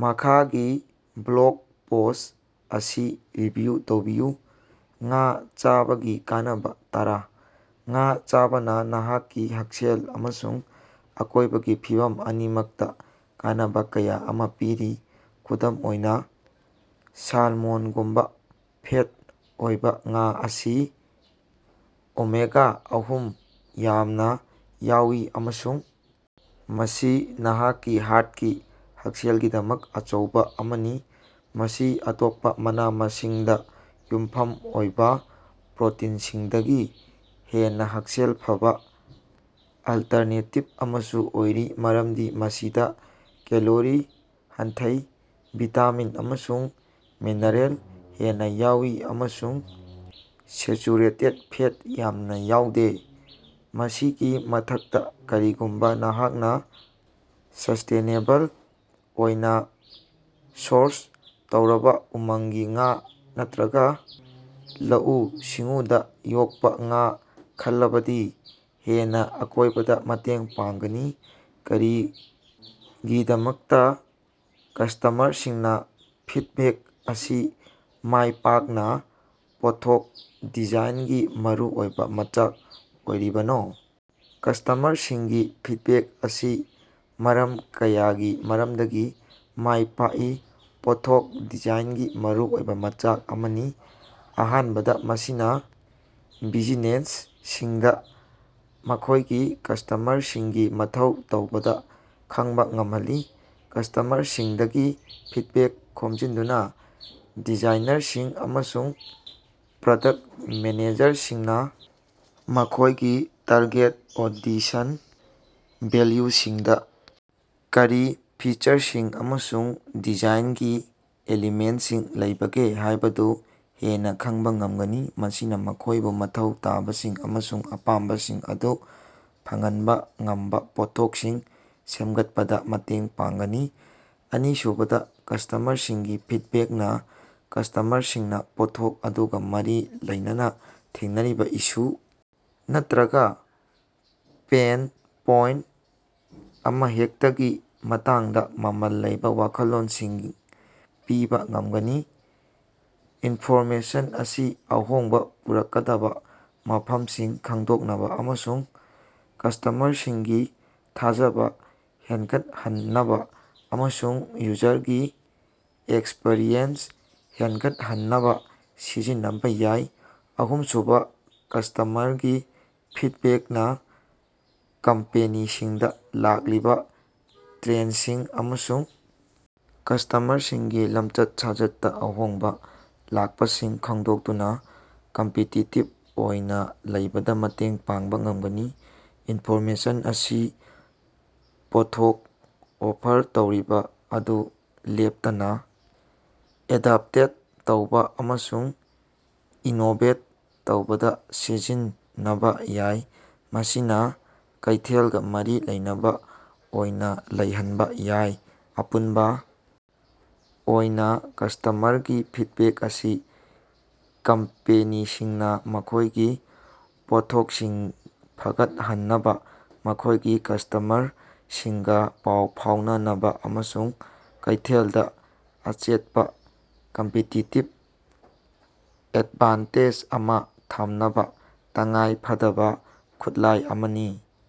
ꯃꯈꯥꯒꯤ blog post ꯑꯁꯤ review ꯇꯧꯕꯤꯌꯨ꯫ ꯉꯥ ꯆꯥꯕꯒꯤ ꯀꯥꯟꯅꯕ ꯇꯔꯥ: ꯉꯥ ꯆꯥꯕꯅ ꯅꯍꯥꯛꯀꯤ ꯍꯛꯁꯦꯜ ꯑꯃꯁꯨꯡ ꯑꯀꯣꯏꯕꯒꯤ ꯐꯤꯚꯝ ꯑꯅꯤꯃꯛꯇ ꯀꯥꯟꯅꯕ ꯀꯌꯥ ꯑꯃ ꯄꯤꯔꯤ꯫ ꯈꯨꯗꯝ ꯑꯣꯏꯅ, ꯁꯥꯜꯃꯣꯟꯒꯨꯝꯕ ꯐꯦꯠ ꯑꯣꯏꯕ ꯉꯥ ꯑꯁꯤ ꯑꯣꯃꯦꯒꯥ-ꯑꯍꯨꯝ ꯌꯥꯝꯅ ꯌꯥꯎꯏ ꯑꯃꯁꯨꯡ ꯃꯁꯤ ꯅꯍꯥꯛꯀꯤ ꯍꯥꯔꯠꯀꯤ ꯍꯛꯁꯦꯜꯒꯤꯗꯃꯛ ꯑꯆꯧꯕ ꯑꯃꯅꯤ꯫ ꯃꯁꯤ ꯑꯇꯣꯞꯄ ꯃꯅꯥ-ꯃꯁꯤꯡꯗꯥ ꯌꯨꯝꯐꯝ ꯑꯣꯏꯕ ꯄ꯭ꯔꯣꯇꯤꯟꯁꯤꯡꯗꯒꯤ ꯍꯦꯟꯅ ꯍꯛꯁꯦꯜ ꯐꯕꯥ ꯑꯜꯇꯔꯅꯦꯇꯤꯚ ꯑꯃꯁꯨ ꯑꯣꯏꯔꯤ ꯃꯔꯝꯗꯤ ꯃꯁꯤꯗ ꯀꯦꯂꯣꯔꯤ ꯍꯟꯊꯩ, ꯚꯤꯇꯥꯃꯤꯟ ꯑꯃꯁꯨꯡ ꯃꯤꯅꯔꯦꯜ ꯍꯦꯟꯅ ꯌꯥꯎꯏ, ꯑꯃꯁꯨꯡ ꯁꯦꯆꯨꯔꯦꯇꯦꯠ ꯐꯦꯠ ꯌꯥꯝꯅ ꯌꯥꯎꯗꯦ꯫ ꯃꯁꯤꯒꯤ ꯃꯊꯛꯇ, ꯀꯔꯤꯒꯨꯝꯕ ꯅꯍꯥꯛꯅ ꯁꯁ꯭ꯇꯦꯅꯦꯕꯜ ꯑꯣꯏꯅ ꯁꯣꯔꯁ ꯇꯧꯔꯕ ꯎꯃꯪꯒꯤ ꯉꯥ ꯅꯠꯇ꯭ꯔꯒ ꯂꯧꯎ-ꯁꯤꯡꯎꯗꯥ ꯌꯣꯛꯄ ꯉꯥ ꯈꯜꯂꯕꯗꯤ ꯍꯦꯟꯅ ꯑꯀꯣꯏꯕꯗ ꯃꯇꯦꯡ ꯄꯥꯡꯒꯅꯤ꯫ ꯀꯔꯤꯒꯤꯗꯃꯛꯇꯥ ꯀꯁꯇꯃꯔꯁꯤꯡꯅ ꯐꯤꯠꯕꯦꯛ ꯑꯁꯤ ꯃꯥꯏꯄꯥꯛꯅ ꯄꯣꯠꯊꯣꯛ ꯗꯤꯖꯥꯏꯟꯒꯤ ꯃꯔꯨꯑꯣꯏꯕ ꯃꯆꯥꯛ ꯑꯣꯏꯔꯤꯕꯅꯣ? ꯀꯁꯇꯃꯔꯁꯤꯡꯒꯤ ꯐꯤꯠꯕꯦꯛ ꯑꯁꯤ ꯃꯔꯝ ꯀꯌꯥꯒꯤ ꯃꯔꯝꯗꯒꯤ ꯃꯥꯏ ꯄꯥꯛꯅ ꯄꯣꯠꯊꯣꯛ ꯗꯤꯖꯥꯏꯟꯒꯤ ꯃꯔꯨꯑꯣꯏꯕ ꯃꯆꯥꯛ ꯑꯃꯅꯤ꯫ ꯑꯍꯥꯟꯕꯗ, ꯃꯁꯤꯅ ꯕꯤꯖꯤꯅꯦꯁꯁꯤꯡꯗ ꯃꯈꯣꯏꯒꯤ ꯀꯁꯇꯃꯔꯁꯤꯡꯒꯤ ꯃꯊꯧ ꯇꯥꯕꯁꯤꯡ ꯈꯪꯕ ꯉꯝꯍꯜꯂꯤ꯫ ꯀꯁꯇꯃꯔꯁꯤꯡꯗꯒꯤ ꯐꯤꯠꯕꯦꯛ ꯈꯣꯝꯖꯤꯟꯗꯨꯅ, ꯗꯤꯖꯥꯏꯅꯔꯁꯤꯡ ꯑꯃꯁꯨꯡ ꯄ꯭ꯔꯗꯛ ꯃꯦꯅꯦꯖꯔꯁꯤꯡꯅ ꯃꯈꯣꯏꯒꯤ ꯇꯥꯔꯒꯦꯠ ꯑꯣꯗꯤꯁꯟ ꯚꯦꯜꯂꯨꯁꯤꯡꯗ ꯀꯔꯤ ꯐꯤꯆꯔꯁꯤꯡ ꯑꯃꯁꯨꯡ ꯗꯤꯖꯥꯏꯟꯒꯤ ꯑꯦꯂꯤꯃꯦꯟꯠꯁꯤꯡ ꯂꯩꯕꯒꯦ ꯍꯥꯏꯕꯗꯨ ꯍꯦꯟꯅ ꯈꯪꯕ ꯉꯝꯒꯅꯤ, ꯃꯁꯤꯅ ꯃꯈꯣꯏꯕꯨ ꯃꯊꯧ ꯇꯥꯕꯁꯤꯡ ꯑꯃꯁꯨꯡ ꯑꯄꯥꯝꯕꯁꯤꯡ ꯑꯗꯨ ꯐꯪꯍꯟꯕ ꯉꯝꯕ ꯄꯣꯠꯊꯣꯛꯁꯤꯡ ꯁꯦꯝꯒꯠꯄꯗ ꯃꯇꯦꯡ ꯄꯥꯡꯒꯅꯤ꯫ ꯑꯅꯤꯁꯨꯕꯗ, ꯀꯁꯇꯃꯔꯁꯤꯡꯒꯤ ꯐꯤꯠꯕꯦꯛꯅ ꯀꯁꯇꯃꯔꯁꯤꯡꯅꯥ ꯄꯣꯠꯊꯣꯛ ꯑꯗꯨꯒ ꯃꯔꯤ ꯂꯩꯅꯅꯥ ꯊꯦꯡꯅꯔꯤꯕ ꯏꯁꯨ ꯅꯠꯇ꯭ꯔꯒ ꯄꯦꯟ ꯄꯣꯏꯟꯠ ꯑꯃꯍꯦꯛꯇꯒꯤ ꯃꯇꯥꯡꯗ ꯃꯃꯜ ꯂꯩꯕ ꯋꯥꯈꯜꯂꯣꯟꯁꯤꯡ ꯄꯤꯕ ꯉꯝꯒꯅꯤ꯫ ꯏꯟꯐꯣꯔꯃꯦꯁꯟ ꯑꯁꯤ ꯑꯍꯣꯡꯕ ꯄꯨꯔꯛꯀꯗꯕꯥ ꯃꯐꯝꯁꯤꯡ ꯈꯪꯗꯣꯛꯅꯕ ꯑꯃꯁꯨꯡ ꯀꯁꯇꯃꯔꯁꯤꯡꯒꯤ ꯊꯥꯖꯕ ꯍꯦꯟꯒꯠꯍꯟꯅꯕ ꯑꯃꯁꯨꯡ ꯌꯨꯖꯔꯒꯤ ꯑꯦꯛꯁꯄꯤꯔꯤꯌꯦꯟꯁ ꯍꯦꯟꯒꯠꯍꯟꯅꯕ ꯁꯤꯖꯤꯟꯅꯕ ꯌꯥꯏ꯫ ꯑꯍꯨꯝꯁꯨꯕ, ꯀꯁꯇꯃꯔꯒꯤ ꯐꯤꯠꯕꯦꯛꯅ ꯀꯝꯄꯦꯅꯤꯁꯤꯡꯗ ꯂꯥꯛꯂꯤꯕ ꯇ꯭ꯔꯦꯟꯁꯤꯡ ꯑꯃꯁꯨꯡ ꯀꯁꯇꯃꯔꯁꯤꯡꯒꯤ ꯂꯝꯆꯠ-ꯁꯥꯖꯠꯇꯥ ꯑꯍꯣꯡꯕ ꯂꯥꯛꯄꯁꯤꯡ ꯈꯪꯗꯣꯛꯇꯨꯅꯥ ꯀꯝꯄꯤꯇꯤꯇꯤꯚ ꯑꯣꯏꯅ ꯂꯩꯕꯗꯥ ꯃꯇꯦꯡ ꯄꯥꯡꯕ ꯉꯝꯒꯅꯤ꯫ ꯏꯟꯐꯣꯔꯃꯦꯁꯟ ꯑꯁꯤ ꯄꯣꯠꯊꯣꯛ ꯑꯣꯐꯔ ꯇꯧꯔꯤꯕ ꯑꯗꯨ ꯂꯦꯞꯇꯅꯥ ꯑꯦꯗꯞꯇꯦꯠ ꯇꯧꯕ ꯑꯃꯁꯨꯡ ꯏꯅꯣꯚꯦꯠ ꯇꯧꯕꯗ ꯁꯤꯖꯤꯟꯅꯕ ꯌꯥꯏ, ꯃꯁꯤꯅ ꯀꯩꯊꯦꯜꯒꯥ ꯃꯔꯤ ꯂꯩꯅꯕ ꯑꯣꯏꯅ ꯂꯩꯍꯟꯕ ꯌꯥꯏ꯫ ꯑꯄꯨꯟꯕ ꯑꯣꯏꯅ, ꯀꯁꯇꯃꯔꯒꯤ ꯐꯤꯠꯕꯦꯛ ꯑꯁꯤ ꯀꯝꯄꯦꯅꯤꯁꯤꯡꯅꯥ ꯃꯈꯣꯏꯒꯤ ꯄꯣꯠꯊꯣꯛꯁꯤꯡ ꯐꯒꯠꯍꯟꯅꯕ, ꯃꯈꯣꯏꯒꯤ ꯀꯁꯇꯃꯔꯁꯤꯡꯒꯥ ꯄꯥꯎ ꯐꯥꯎꯅꯅꯕꯥ ꯑꯃꯁꯨꯡ ꯀꯩꯊꯦꯜꯗꯥ ꯑꯆꯦꯠꯄꯥ ꯀꯝꯄꯤꯇꯤꯇꯤꯚ ꯑꯦꯠꯚꯥꯟꯇꯦꯖ ꯑꯃ ꯊꯝꯅꯕ ꯇꯉꯥꯏ ꯐꯗꯕꯥ ꯈꯨꯠꯂꯥꯏ ꯑꯃꯅꯤ꯫